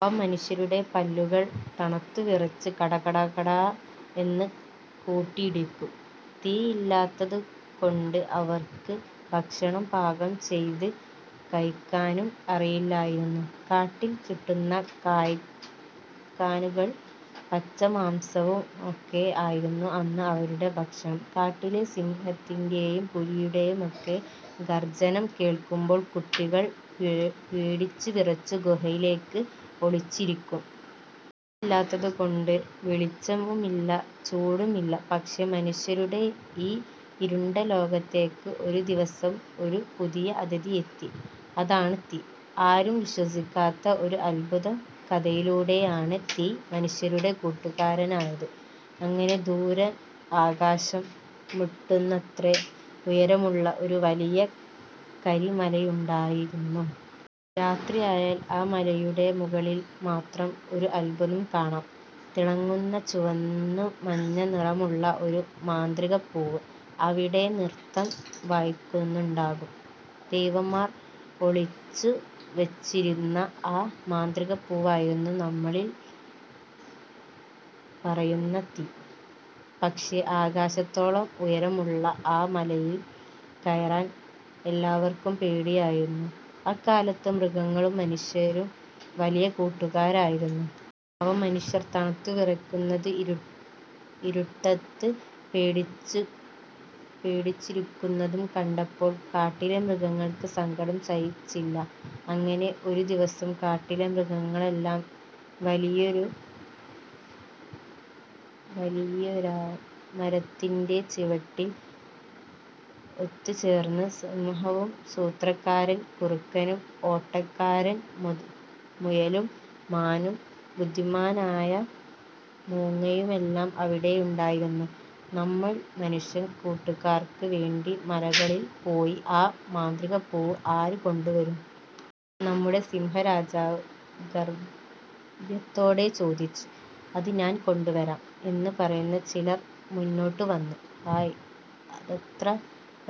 പാവം മനുഷ്യരുടെ പല്ലുകൾ തണുത്ത് വിറച്ച് 'കട-കട-കട' എന്ന് കൂട്ടിയിടിക്കും. തീയില്ലാത്തതുകൊണ്ട് അവർക്ക് ഭക്ഷണം പാകം ചെയ്ത് കഴിക്കാനൊന്നും അറിയില്ലായിരുന്നു. കാട്ടിൽ കിട്ടുന്ന കായ്കനികളും പച്ചമാംസവുമൊക്കെ ആയിരുന്നു അന്ന് അവരുടെ ഭക്ഷണം. കാട്ടിലെ സിംഹത്തിന്റെയും പുലിയുടെയുമൊക്കെ ഗർജനം കേൾക്കുമ്പോൾ കുട്ടികൾ പേടിച്ച് വിറച്ച് ഗുഹകളിൽ ഒളിച്ചിരിക്കും. തീയില്ലാത്തതു കൊണ്ട് വെളിച്ചവുമില്ല, ചൂടുമില്ല! പക്ഷേ, മനുഷ്യരുടെ ഈ ഇരുണ്ട ലോകത്തേക്ക് ഒരു ദിവസം ഒരു പുതിയ അതിഥി എത്തി. അതാണ് 'തീ'. ആരും വിശ്വസിക്കാത്ത ഒരു അത്ഭുത കഥയിലൂടെയാണ് തീ മനുഷ്യരുടെ കൂട്ടുകാരനായത്. അങ്ങ് ദൂരെ, ആകാശം മുട്ടുന്നത്ര ഉയരമുള്ള ഒരു വലിയ കരിമലയുണ്ടായിരുന്നു. രാത്രിയായാൽ ആ മലയുടെ മുകളിൽ മാത്രം ഒരു അത്ഭുതം കാണാം! തിളങ്ങുന്ന ചുവന്ന മഞ്ഞയ നിറമുള്ള ഒരു 'മാന്ത്രികപ്പൂവ്' അവിടെ നൃത്തം വയ്ക്കുന്നുണ്ടാകും. ദേവന്മാർ ഒളിച്ചുവച്ചിരുന്ന ആ മാന്ത്രികപ്പൂവായിരുന്നു നമ്മളീ പറയുന്ന 'തീ'. പക്ഷേ ആകാശത്തോളം ഉയരമുള്ള ആ മലയിൽ കയറാൻ എല്ലാവർക്കും പേടിയായിരുന്നു. അക്കാലത്ത് മൃഗങ്ങളും മനുഷ്യരും വലിയ കൂട്ടുകാരായിരുന്നു. പാവം മനുഷ്യർ തണുത്ത് വിറയ്ക്കുന്നത് ഇരുട്ടത്ത് പേടിച്ചിരിക്കുന്നതും കണ്ടപ്പോൾ കാട്ടിലെ മൃഗങ്ങൾക്ക് സങ്കടം സഹിച്ചില്ല. അങ്ങനെ ഒരു ദിവസം കാട്ടിലെ മൃഗങ്ങളെല്ലാം വലിയൊരു വലിയൊരാൽമരത്തിന്റെ ചുവട്ടിൽ ഒത്തുചേർന്നു. സിംഹവും, സൂത്രക്കാരൻ കുറുക്കനും, ഓട്ടക്കാരൻ മുയലും, മാനും ബുദ്ധിമാനായ മൂങ്ങയുമെല്ലാം അവിടെയുണ്ടായിരുന്നു. "നമ്മൾ മനുഷ്യക്കൂട്ടുകാർക്ക് വേണ്ടി മുകളിൽ പോയി ആ മാന്ത്രികപ്പൂവ് ആര് കൊണ്ടുവരും? " നമ്മുടെ സിംഹരാജാവ് ഗാംഭീര്യത്തോടെ ചോദിച്ചു. "അത് ഞാൻ കൊണ്ടുവരാം! " എന്ന് പറഞ്ഞ് ചിലർ മുന്നോട്ടുവന്നു. "ഹേയ്, അതത്ര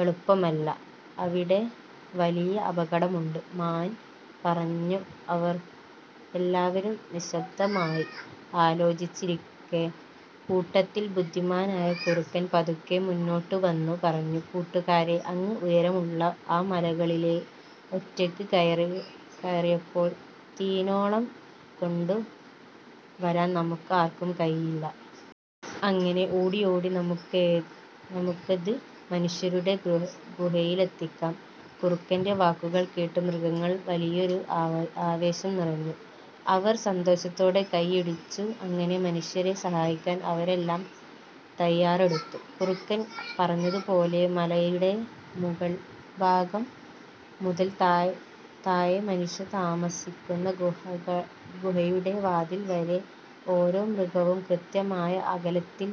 എളുപ്പമല്ല, അവിടെ വലിയ അപകടമുണ്ട്! " മാൻ പറഞ്ഞു എല്ലാവരും നിശബ്ദമായി ആലോചിച്ചിരിക്കെ, കൂട്ടത്തിൽ ബുദ്ധിമാനായ കുറുക്കൻ പതുക്കെ മുന്നോട്ട് വന്നു പറഞ്ഞു: "കൂട്ടുകാരേ, അങ്ങ് ഉയരെയുള്ള ആ മലകളിലേക്ക്ഒറ്റയ്ക്ക് കയറിപ്പോയി തീനാളം കൊണ്ടുവരാൻ നമുക്ക് ആർക്കും കഴിയില്ല. അങ്ങനെ ഓടി ഓടി നമുക്കത് മനുഷ്യരുടെ ഗുഹയിലെത്തിക്കാം! " കുറുക്കന്റെ വാക്കുകൾ കേട്ട് മൃഗങ്ങളിൽ വലിയൊരു ആവേശം നിറഞ്ഞു. അവർ സന്തോഷത്തോടെ കൈയടിച്ചു. അങ്ങനെ മനുഷ്യരെ സഹായിക്കാൻ അവരെല്ലാം തയ്യാറെടുത്തു. കുറുക്കൻ പറഞ്ഞതുപോലെ, മലയുടെ മുകൾഭാഗം മുതൽ താഴെ മനുഷ്യർ താമസിക്കുന്ന ഗുഹയുടെ വാതിൽ വരെ ഓരോ മൃഗവും കൃത്യമായ അകലത്തിൽ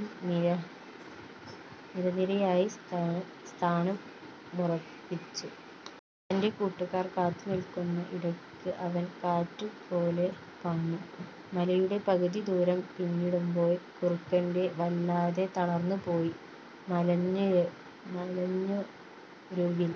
നിരനിരയായി സ്ഥാനം സ്ഥാനമുറപ്പിച്ചു. തന്റെ കൂട്ടുകാർ കാത്തുനിൽക്കുന്ന ഇടത്തേക്ക് അവൻ കാറ്റുപോലെ പാഞ്ഞു. മലയുടെ പകുതി ദൂരം പിന്നിട്ടപ്പോഴേക്കും കുറുക്കൻ വല്ലാതെ തളർന്നുപോയി. മലഞ്ഞു മലഞ്ചരുവിൽ